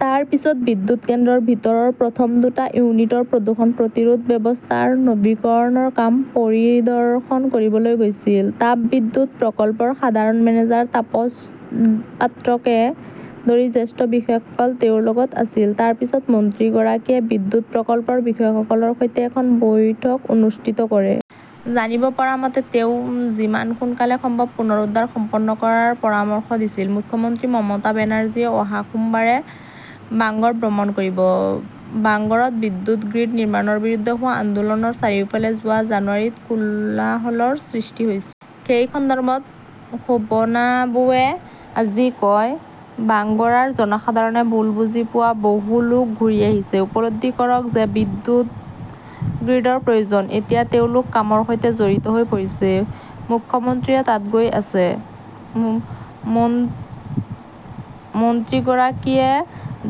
তাৰ পিছত বিদ্যুৎ কেন্দ্ৰৰ ভিতৰৰ প্ৰথম দুটা ইউনিটৰ প্ৰদূষণ প্ৰতিৰোধ ব্যৱস্থাৰ নৱীকৰণৰ কাম পৰিদৰ্শন কৰিবলৈ গৈছিল। তাপবিদ্যুৎ প্ৰকল্পৰ সাধাৰণ মেনেজাৰ তাপস পাত্ৰকে ধৰি জ্যেষ্ঠ বিষয়াসকল তেওঁৰ লগত আছিল। তাৰ পিছত মন্ত্ৰীগৰাকীয়ে বিদ্যুৎ প্ৰকল্পৰ বিষয়াসকলৰ সৈতে এখন বৈঠক অনুষ্ঠিত কৰে। জানিব পৰা মতে তেওঁ যিমান সোনকালে সম্ভৱ পুনৰুদ্ধাৰ সম্পন্ন কৰাৰ পৰামৰ্শ দিছিল। মুখ্যমন্ত্ৰী মমতা বেনাৰ্জীয়ে অহা সোমবাৰে ভাঙ্গৰ ভ্ৰমণ কৰিব। ভাংগৰত বিদ্যুৎ গ্ৰীড নিৰ্মাণৰ বিৰুদ্ধে হোৱা আন্দোলনৰ চাৰিওফালে যোৱা জানুৱাৰীত কোলাহলৰ সৃষ্টি হৈছিল। সেই সন্দৰ্ভত শোভনাবুৱে আজি কয়, ভাংগৰাৰ জনসাধাৰণে ভুল বুজি পোৱা বহু লোক ঘূৰি আহিছে। উপলব্ধি কৰক যে বিদ্যুৎ গ্ৰীডৰ প্ৰয়োজন। এতিয়া তেওঁলোক কামৰ সৈতে জড়িত হৈ পৰিছে। মুখ্যমন্ত্ৰীয়ে তাত গৈ আছে। মন্ত্ৰীগৰাকীয়ে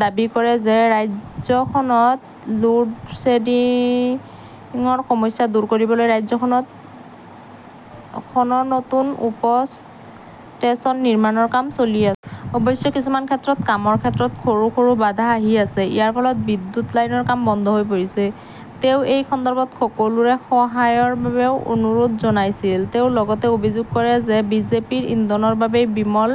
দাবী কৰে যে ৰাজ্যখনত লোডশ্বেডিংৰ সমস্যা দূৰ কৰিবলৈ ৰাজ্যখনত খন নতুন উপ-ষ্টেচন নিৰ্মাণৰ কাম চলি আছে। অৱশ্যে কিছুমান ক্ষেত্ৰত কামৰ ক্ষেত্ৰত সৰু সৰু বাধা আহি আছে। ইয়াৰ ফলত বিদ্যুৎ লাইনৰ কাম বন্ধ হৈ পৰিছে। তেওঁ এই সন্দৰ্ভত সকলোৰে সহায়ৰ বাবেও অনুৰোধ জনাইছিল। তেওঁ লগতে অভিযোগ কৰে যে বিজেপিৰ ইন্ধনৰ বাবেই বিমল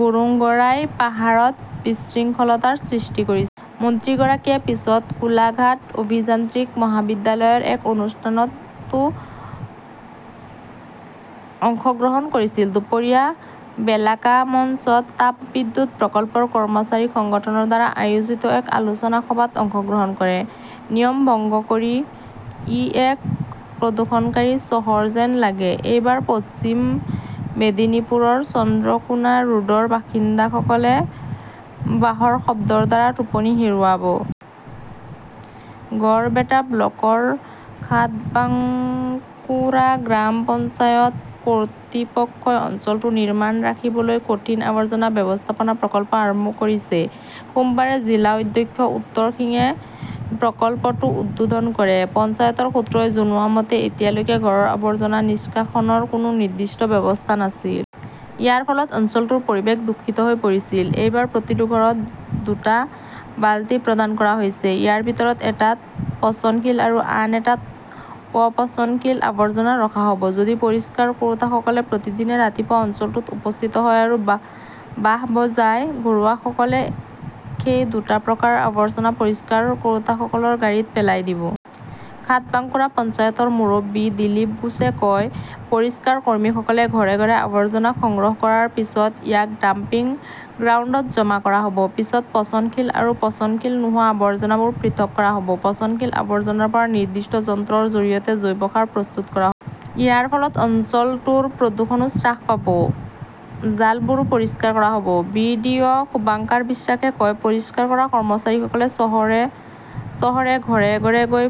গুৰুঙ্গৰাই পাহাৰত বিশৃংখলতাৰ সৃষ্টি কৰিছিল। মন্ত্ৰীগৰাকীয়ে পিছত কোলাঘাট অভিযান্ত্ৰিক মহাবিদ্যালয়ৰ এক অনুষ্ঠানতও অংশগ্ৰহণ কৰিছিল। দুপৰীয়া বেলাকা মঞ্চত তাপবিদ্যুৎ প্ৰকল্পৰ কৰ্মচাৰী সংগঠনৰ দ্বাৰা আয়োজিত এক আলোচনা সভাত অংশগ্ৰহণ কৰে। নিয়ম ভংগ কৰি ই এক প্ৰদূষণকাৰী চহৰ যেন লাগে এইবাৰ পশ্চিম মেদিনীপুৰৰ চন্দ্ৰকোনা ৰোডৰ বাসিন্দাসকলে বাঁহৰ শব্দৰ দ্বাৰা টোপনি হেৰুৱাব। গড়বেটা- ব্লকৰ সাতবাঙ্কুৰা গ্ৰাম পঞ্চায়ত কৰ্তৃপক্ষই অঞ্চলটো নিৰ্মল ৰাখিবলৈ কঠিন আৱৰ্জনা ব্যৱস্থাপনা প্ৰকল্প আৰম্ভ কৰিছে। সোমবাৰে জিলা অধ্যক্ষ উত্তৰ সিঙে প্ৰকল্পটো উদ্বোধন কৰে। পঞ্চায়তৰ সূত্ৰই জনোৱা মতে, এতিয়ালৈকে ঘৰৰ আৱৰ্জনা নিষ্কাশনৰ কোনো নিৰ্দিষ্ট ব্যৱস্থা নাছিল। ইয়াৰ ফলত অঞ্চলটোৰ পৰিৱেশ দূষিত হৈ পৰিছিল। এইবাৰ প্ৰতিটো ঘৰত দুটা বালতি প্ৰদান কৰা হৈছে। ইয়াৰ ভিতৰত এটাত পচনশীল আৰু আন এটাত অ-পচনশীল আৱৰ্জনা ৰখা হব। যদি পৰিষ্কাৰ কৰোঁতাসকলে প্ৰতিদিনে ৰাতিপুৱা অঞ্চলটোত উপস্থিত হয় আৰু বাঁহ বজায়, ঘৰুৱাসকলে সেই দুটা প্ৰকাৰৰ আৱৰ্জনা পৰিষ্কাৰ কৰোঁতাসকলৰ গাড়ীত পেলাই দিব। সাতবাঙ্কুৰা পঞ্চায়তৰ মুৰব্বী দিলীপ ঘোষে কয়, পৰিষ্কাৰ কৰ্মীসকলে ঘৰে-ঘৰে আৱৰ্জনা সংগ্ৰহ কৰাৰ পিছত ইয়াক ডাম্পিং গ্ৰাউণ্ডত জমা কৰা হব। পিছত পচনশীল আৰু পচনশীল নোহোৱা আৱৰ্জনাবোৰ পৃথক কৰা হ 'ব। পচনশীল আৱৰ্জনাৰ পৰা নিৰ্দিষ্ট যন্ত্ৰৰ জৰিয়তে জৈৱ সাৰ প্ৰস্তুত কৰা হব । ইয়াৰ ফলত অঞ্চলটোৰ প্ৰদূষণও হ্ৰাস পাব। জালবোৰো পৰিষ্কাৰ কৰা হব । বি. ডি. অ শুভঙ্কাৰ বিশ্বাসে কয়, পৰিষ্কাৰ কৰা কৰ্মচাৰীসকলে চহৰে-চহৰে ঘৰে-ঘৰে গৈ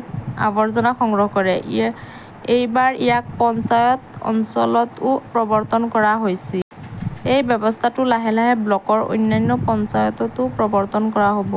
আৱৰ্জনা সংগ্ৰহ কৰে। এইবাৰ ইয়াক পঞ্চায়ত অঞ্চলতও প্ৰৱৰ্তন কৰা হৈছিল। এই ব্যৱস্থাটো লাহে লাহে ব্লকৰ অন্যান্য পঞ্চায়ততো প্ৰৱৰ্তন কৰা হব।